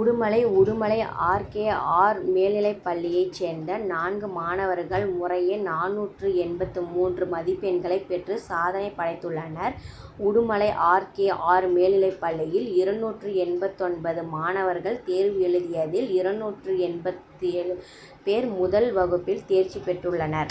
Udumalai Udumalai R. K. R., மேல்நிலைப்பள்ளியை சேர்ந்த நான்கு மாணவர்கள் முறையே நானூற்று எண்பத்து மூன்று மதிப்பெண்கள் பெற்று சாதனை படைத்துள்ளனர். உடுமலை ஆர். கே. ஆர்., மேல்நிலைப்பள்ளியில், இருநூற்று எண்பத்தொன்பது மாணவர்கள் தேர்வு எழுதியதில் இருநூற்று எண்பத்தேழு பேர் முதல் வகுப்பில் தேர்ச்சி பெற்றுள்ளனர்.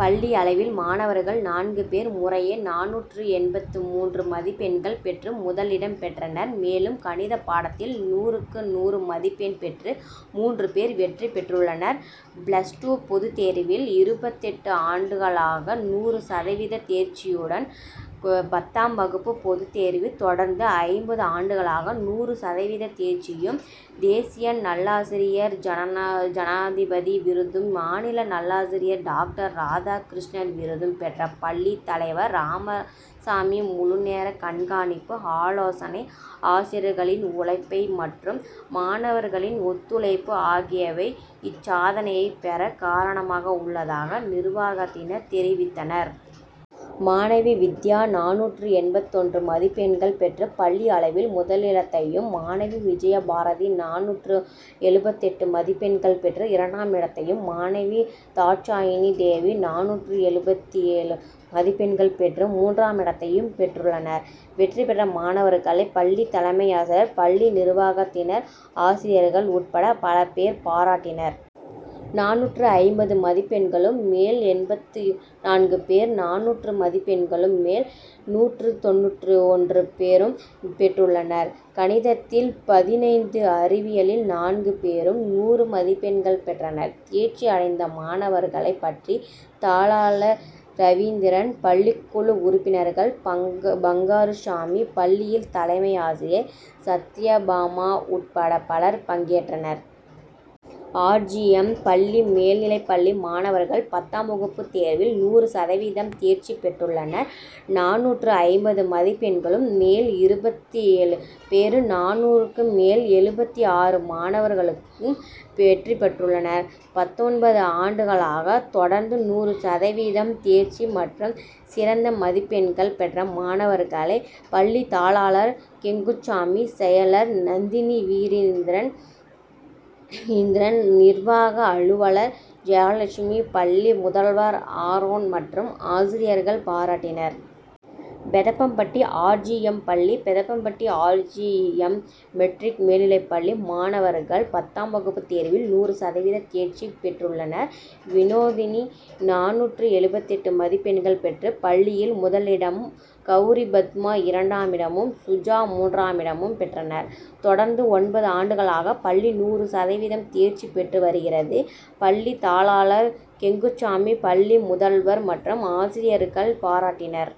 பள்ளி அளவில், மாணவர்கள் நான்கு பேர் முறையே நானூற்று எண்பத்து மூன்று மதிப்பெண்கள் பெற்று முதலிடம் பெற்றனர். மேலும், கணித பாடத்தில் நூறுக்கு நூறு மதிப்பெண்கள் பெற்று மூன்று பேரும் வெற்றி பெற்றுள்ளனர். பிளஸ் டூ பொதுத்தேர்வில், இருபத்தெட்டு ஆண்டுகளாக நூறு சதவீத தேர்ச்சியுடன். பத்தாம் வகுப்பு பொதுத்தேர்வில், தொடர்ந்து ஐம்பது ஆண்டுகளாக நூறு சதவீத தேர்ச்சியும் தேசிய நல்லாசிரியர் ஜனநாயக ஜனாதிபதி விருதும், மாநில நல்லாசிரியர் டாக்டர் ராதா கிருஷ்ணன் விருதும் பெற்ற பள்ளி தலைவர் ராமசாமி முழுநேர கண்காணிப்பு, ஆலோசனை, ஆசிரியர்களின் உழைப்பு மற்றும் மாணவர்களின் ஒத்துழைப்பு ஆகியவை இச்சாதனையை பெற காரணமாக உள்ளதாக நிர்வாகத்தினர் தெரிவித்தனர். மாணவி வித்யா நானூற்று எண்பத்தொன்று மதிப்பெண்கள் பெற்று பள்ளி அளவில் முதலிடத்தையும், மாணவி விஜயபாரதி நானூற்று எழுபத்தெட்டு மதிப்பெண்கள் பெற்று இரண்டாமிடத்தையும், மாணவி தாட்சாயிணி தேவி நானூற்று எழுபத்தேழு மதிப்பெண்கள் பெற்று மூன்றாமிடத்தையும் பெற்றுள்ளனர் வெற்றி பெற்ற மாணவர்களை பள்ளி தலைமையாசிரியர், பள்ளி நிர்வாகத் தினர், ஆசிரியர்கள் உட்பட பலர் பாராட்டினர். நானூற்று ஐம்பது மதிப்பெண்களும் மேல் எண்பத்து நான்கு பேரும், நானூறு மதிப்பெண்களுக்கு மேல் நூற்று தொண்ணூற்று ஒன்று பேரும் பெற்றுள்ளனர். கணிதத்தில் பதினைந்து, அறிவியலில் நான்கு பேரும் நூறு மதிப்பெண்கள் பெற்றனர். தேர்ச்சி அடைந்த மாணவர்களை பற்றி தாளாளர் ரவீந்திரன், பள்ளிக்குழு உறுப்பினர்கள் பங்காருசாமி, பள்ளி தலைமையாசிரியை சத்யபாமா உட்பட பலர் பங்கேற்றனர். ஆர். ஜி. எம்., பள்ளி மேல்நிலைப்பள்ளி மாணவர்கள் பத்தாம் வகுப்பு தேர்வில் நூறு சதவீதம் தேர்ச்சி பெற்றுள்ளனர். நானூற்று ஐம்பது மதிப்பெண்களும் மேல் இருபத்தேழு பேரு நானூறுக்கு மேல் எழுபத்து ஆறு மாணவர்களும் பெற்றுள்ளனர். பத்தொன்பது ஆண்டுகளாக தொடர்ந்து நூறு சதவீதம் தேர்ச்சி மற்றும் சிறந்த மதிப்பெண்கள் பெற்ற மாணவர்களை பள்ளி தாளாளர் கெங்குசாமி, செயலர் நந்தினிரவீந்திரன், நிர்வாக அலுவலர் ஜெயலட்சுமி, பள்ளி முதல்வர் ஆரோன் மற்றும் ஆசிரியர்கள் பாராட்டினர். பெதப்பம்பட்டி ஆர். ஜி. எம்., பள்ளி Pethappampatti R. G. M., matric., மேல்நிலைப்பள்ளி மாணவர்கள் பத்தாம் வகுப்பு தேர்வில் நூறு சதவீதம் தேர்ச்சி பெற்றுள்ளனர். வினோதினி நானூற்று எழுபத்தெட்டு மதிப்பெண்கள் பெற்று பள்ளியில் முதலிடமும், கவுரிபத்மா, இரண்டாமிடமும், சுஜா மூன்றாமிடமும் பெற்றனர். தொடர்ந்து ஒன்பது ஆண்டுகளாக பள்ளி நூறு சதவீதம் தேர்ச்சி பெற்று வருகிறது. பள்ளி தாளாளர் கெங்குசாமி, பள்ளி முதல்வர் மற்றும் ஆசிரியர்கள் பாராட்டினர்.